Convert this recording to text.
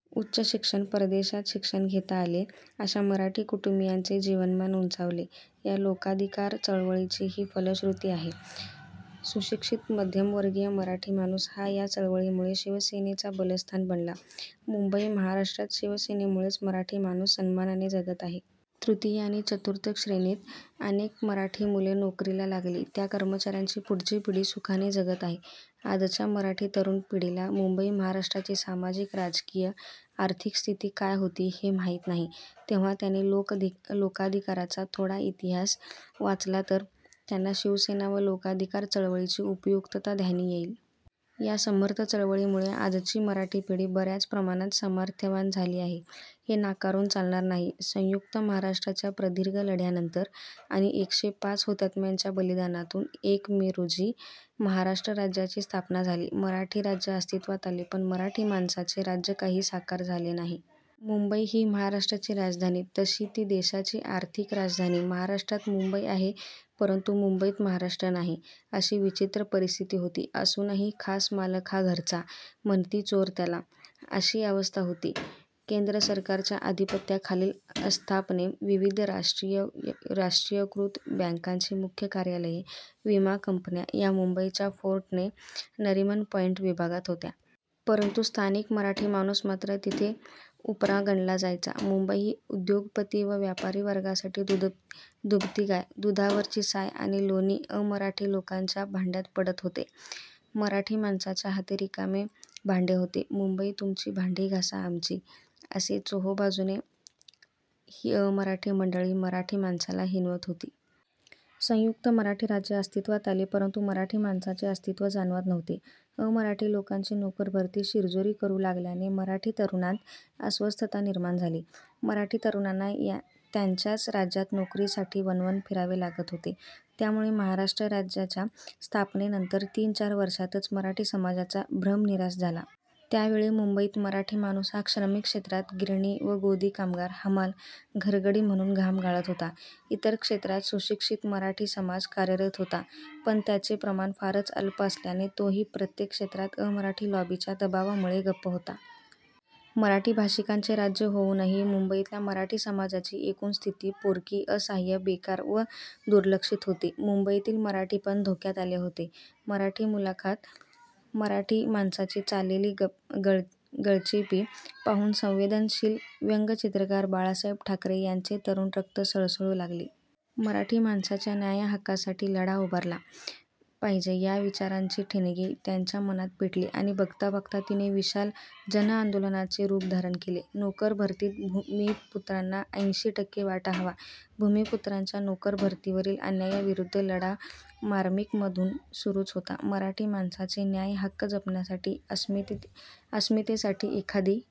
उच्च शिक्षण, परदेशात शिक्षण घेता आले. अशा मराठी कुटुंबीयांचे जीवनमान उंचावले. या लोकाधिकार चळवळीची ही फलश्रुती आहे. सुशिक्षित मध्यमवर्गीय मराठी माणूस हा या चळवळीमुळे शिवसेनेचा बलस्थान बनला. मुंबई महाराष्ट्रात शिवसेनेमुळेच मराठी माणूस सन्मानाने जगत आहे. तृतीय आणि चतुर्थ श्रेणीत अनेक मराठी मुले नोकरीला लागली, त्या कर्मचाऱ्यांची पुढची पिढी सुखाने जगत आहे. आजच्या मराठी तरुण पिढीला मुंबई महाराष्ट्राची सामाजिक राजकीय आर्थिक स्थिती काय होती हे माहित नाही, तेव्हा त्यांनी लोकाधिकारचा थोडा इतिहास वाचला तर, त्यांना शिवसेना व लोकाधिकार चळवळीची उपयुक्तता ध्यानी येईल. या समर्थ चळवळीमुळे आजची मराठी पिढी बऱ्याच प्रमाणात सामर्थ्यवान झाली आहे. हे नाकारून चालणार नाही. संयुक्त महाराष्ट्राच्या प्रदीर्घ लढ्यानंतर आणि एकशे पाच हुतात्म्यांच्या बलिदानातून एक मे रोजी महाराष्ट्र राज्याची स्थापना झाली. मराठी राज्य अस्तित्वात आले पण मराठी माणसाचे राज्य काही साकार झाले नाही. मुंबई ही महाराष्ट्राची राजधानी, तशी ती देशाची आर्थिक राजधानी. महाराष्ट्रात मुंबई आहे परंतु मुंबईत महाराष्ट्र नाही, अशी विचित्र परिस्थिती होती. असूनही खास मालक हा घरचा, म्हणती चोर त्याला, अशी अवस्था होती. केंद्र सरकारच्या अधिपत्याखालील आस्थापने, विविध राष्ट्रीयकृत बँकांची मुख्य कार्यालये, विमा कंपन्या या मुंबईच्या फोर्ट ते नरिमन पॉईंट विभागात होत्या. परंतु स्थानिक मराठी माणूस मात्र तिथे उपरा गणला जायचा, मुंबई ही उद्योगपती व व्यापारी वर्गासाठी दुभती गाय. दुधावरची साय आणि लोणी अमराठी लोकांच्या भांड्यात पडत होते. मराठी माणसाच्या हाती रिकामे भांडे होते. मुंबई तुमची, भांडी घासा आमची, असे चोहोबाजूने ही अमराठी मंडळी मराठी माणसाला हिणवत होती. संयुक्त मराठी राज्य अस्तित्वात आले परंतु मराठी माणसाचे अस्तित्व जाणवत नव्हते. अमराठी लोकांची नोकर भरती शिरजोरी करू लागल्याने मराठी तरुणांत अस्वस्थता निर्माण झाली. मराठी तरुणांना त्यांच्याच राज्यात नोकरीसाठी वणवण फिरावे लागत होते. त्यामुळे महाराष्ट्र राज्याच्या स्थापनेनंतर तीन चार वर्षातच मराठी समाजाचा भ्रमनिरास झाला. त्यावेळी मुंबईत मराठी माणूस हा श्रमिक क्षेत्रात, गिरणी व गोदी कामगार, हमाल, घरगडी म्हणून घाम गाळत होता. इतर क्षेत्रात सुशिक्षित मराठी समाज कार्यरत होता पण त्याचे प्रमाण फारच अल्प असल्याने तोही प्रत्येक क्षेत्रात अमराठी लॉबीच्या दबावामुळे गप्प होता. मराठी भाषिकांचे राज्य होऊनही मुंबईतल्या मराठी समाजाची एकूण स्थिती पोरकी, असहाय्य, बेकार व दुर्लक्षित होती. मुंबईतील मराठीपण धोक्यात आले होते. मराठी मुलखात मराठी माणसाची चाललेली गळचेपी पाहून संवेदनशील व्यंगचित्रकार बाळासाहेब ठाकरे यांचे तरुण रक्त सळसळू लागले. मराठी माणसाच्या न्याय हक्कासाठी लढा उभारला पाहिजे या विचारांची ठिणगी त्यांच्या मनात पेटली आणि बघता बघता तिने विशाल जनआंदोलनाचे रूप धारण केले. नोकरभरतीत भूमिपुत्रांना ऐंशी टक्के वाटा हवा. भूमिपुत्रांच्या नोकर भरतीवरील अन्यायाविरुद्ध लढा मार्मिक मधून सुरूच होता. मराठी माणसाचे न्याय हक्क जपण्यासाठी, अस्मितेसाठी एखादी